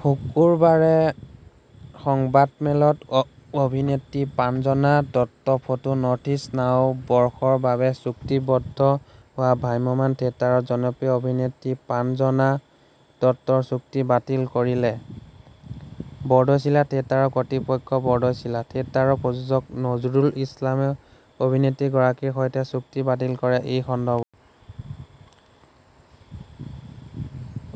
শুকুৰবাৰে সংবাদমেলত অভিনেত্ৰী প্ৰাঞ্জনা দত্তফটো নৰ্থইষ্ট নাও বৰ্ষৰ বাবে চুক্তিবদ্ধ হোৱা ভ্ৰাম্যমাণ থিয়েটাৰৰ জনপ্ৰিয় অভিনেত্ৰী প্ৰাঞ্জনা দত্তৰ চুক্তি বাতিল কৰিলে বৰদৈচিলা থিয়েটাৰৰ কৰ্তৃপক্ষইবৰদৈচিলা থিয়েটাৰৰ প্ৰযোজক নজৰুল ইছলামে অভিনেত্ৰীগৰাকীৰ সৈতে চুক্তি বাতিল কৰেএই সন্দৰ্ভত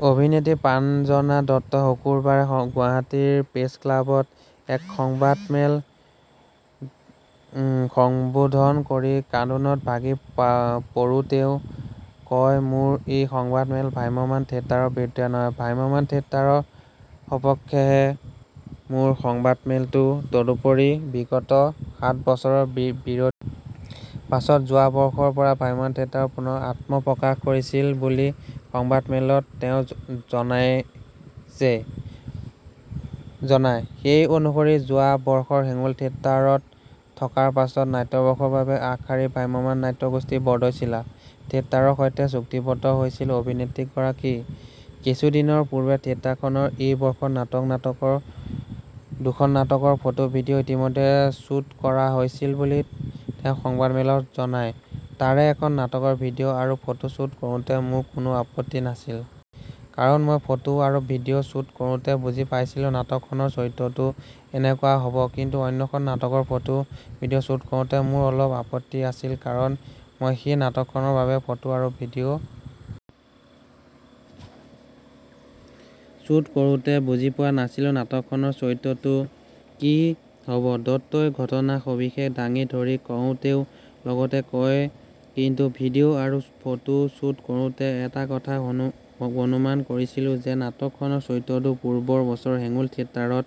অভিনেত্ৰী প্ৰাঞ্জনা দত্তই শুকুৰবাৰে গুৱাহাটীৰ প্ৰেছ ক্লাৱত এক সংবাদ মেল সম্বোধন কৰি কান্দোনত ভাগি পৰেতেওঁ কয়মোৰ এই সংবাদ মেল ভ্ৰাম্যমাণ থিয়েটাৰৰ বিৰুদ্ধে নহয় ভ্ৰাম্যমাণ থিয়েটাৰৰ সপক্ষেহে মোৰ এই সংবাদমেলতদুপৰি বিগত সাত বছৰৰ বিৰতিৰ পাছত যোৱা বৰ্ষৰ পৰা ভ্ৰাম্যমাণ থিয়েটাৰত পুনৰ আত্মপ্ৰকাশ কৰিছিল বুলি সংবাদমেলত তেওঁ জনায়সেই অনুসৰি যোৱা বৰ্ষৰ হেঙুল থিয়েটাৰত থকাৰ পাছত নাট্যবৰ্ষৰ বাবে আগশাৰীৰ ভ্ৰাম্যমাণ নাট্যগোষ্ঠী বৰদৈচিলা থিয়েটাৰৰ সৈতে চুক্তিবদ্ধ হৈছিল অভিনেত্ৰীগৰাকীকিছুদিনৰ পূৰ্বে থিয়েটাৰখনৰ এইবৰ্ষৰ দুখন নাটকৰ ফটো ভিডিঅ ইতিমধ্যে শ্বুট কৰা হৈছিল বুলি তেওঁ সংবাদমেলত জনায়তাৰে এখন নাটকৰ ভিডিঅ আৰু ফটো শ্বুট কৰোতে মোৰ কোনো আপত্তি নাছিল। কাৰণ মই ফটো আৰু ভিডিঅ শ্বুট কৰোতে বুজি পাইছিলোঁ নাটক খনৰ চৰিত্ৰতো কেনেকুৱা হবকিন্তু অন্যখন নাটকৰ ফটো আৰু ভিডিঅ শ্বুট কৰোতে মোৰ অলপ আপত্তি আছিলকাৰণ মই সেই নাটক খনৰ বাবে ফটো আৰু ভিডিঅ শ্বুট কৰোতে বুজি পোৱা নাছিলোঁ নাটকখনৰ চৰিত্ৰতো কি হবদত্তই ঘটনাৰ সৱিশেষ দাঙি ধৰি কয়তেওঁ লগতে কয় কিন্তু ভিডিঅ আৰু ফটো শ্বুট কৰোতে এটা কথা অনুমান কৰিছিলোঁ যে নাটকখনৰ চৰিত্ৰতো পূৰ্বৰ বছৰ হেঙুল থিয়েটাৰত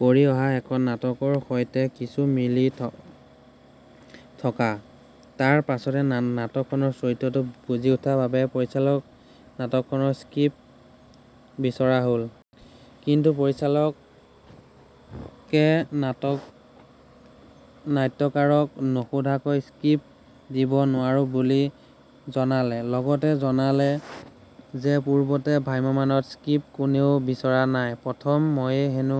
কৰি অহা এখন নাটকৰ সৈতে কিছু মিল থকাতাৰ পাছতে নাটকখনৰ চৰিত্ৰতো বুজি উঠা বাবে পৰিচালকক নাটকখনৰ স্ক্ৰিপ্ট বিচৰা হল। কিন্তু পৰিচালকে নাট্যকাৰক নোসোধাকৈ স্ক্ৰিপ্ট দিব নোৱাৰো বুলি জনালেলগতে জনালে যে পূৰ্বতে ভ্ৰাম্যমাণত স্ক্ৰিপ্ট কোনেও বিচৰা নাইপ্ৰথম ময়েই হেনো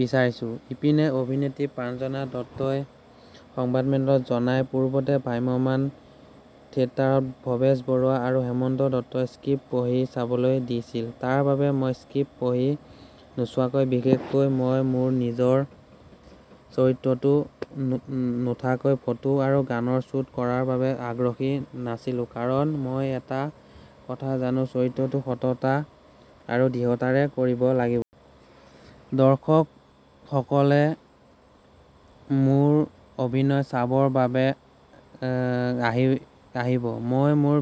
বিচাৰিছোঁইপিনে অভিনেত্ৰী প্ৰাঞ্জনা দত্তই সংবাদমেলত জনায় পূৰ্বতে ভ্ৰাম্যমাণ থিয়েটাৰত ভৱেশ বৰুৱা আৰু হেমন্ত দত্তই স্ক্ৰিপ্ট পঢ়ি চাবলৈ দিছিলতাৰ বাবে মই স্ক্ৰিপ্ট পঢ়ি নোচোৱাকৈ বিশেষকৈ মই মোৰ নিজৰ চৰিত্ৰতো বুজি নুঠাকৈ ফটো আৰু গানৰ শ্বুট কৰাৰ বাবে আগ্ৰহী নাছিলোঁকাৰণ মই এটা কথা জানো চৰিত্ৰতো সততা আৰ দৃঢ়তাৰে কৰিব লাগিব। দৰ্শক সকলে মোৰ অভিনয় চাবৰ বাবে আহিবমই মোৰ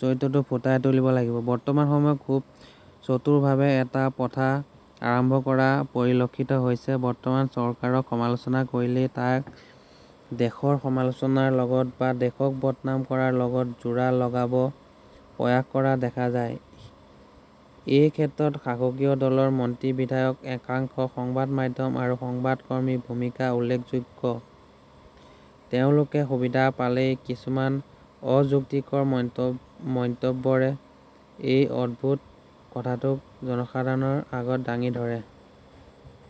চৰিত্ৰতো ফুটাই তুলিব লাগিব। বৰ্তমান সময়ত খুব চতুৰভাৱে এটা প্ৰথা আৰম্ভ কৰা পৰিলক্ষিত হৈছেবৰ্তমান চৰকাৰক সমালোচনা কৰিলেই তাক দেশৰ সমালোচনাৰ লগত বা দেশক বদনাম কৰাৰ লগত জোৰা লগাব প্ৰয়াস কৰা দেখা যায়এই ক্ষেত্ৰত শাসকীয় দলৰ মন্ত্ৰীবিধায়কএকাংশ সংবাদ মাধ্যম আৰু সংবাদ কৰ্মীৰ ভূমিকা উল্লেখযোগ্যতেওঁলোকে সুবিধা পালেই কিছুমান অযুক্তিকৰ মন্তব্যৰে এই অদ্ভুত কথাটোক জনসাধাৰণৰ আগত দাঙি ধৰে।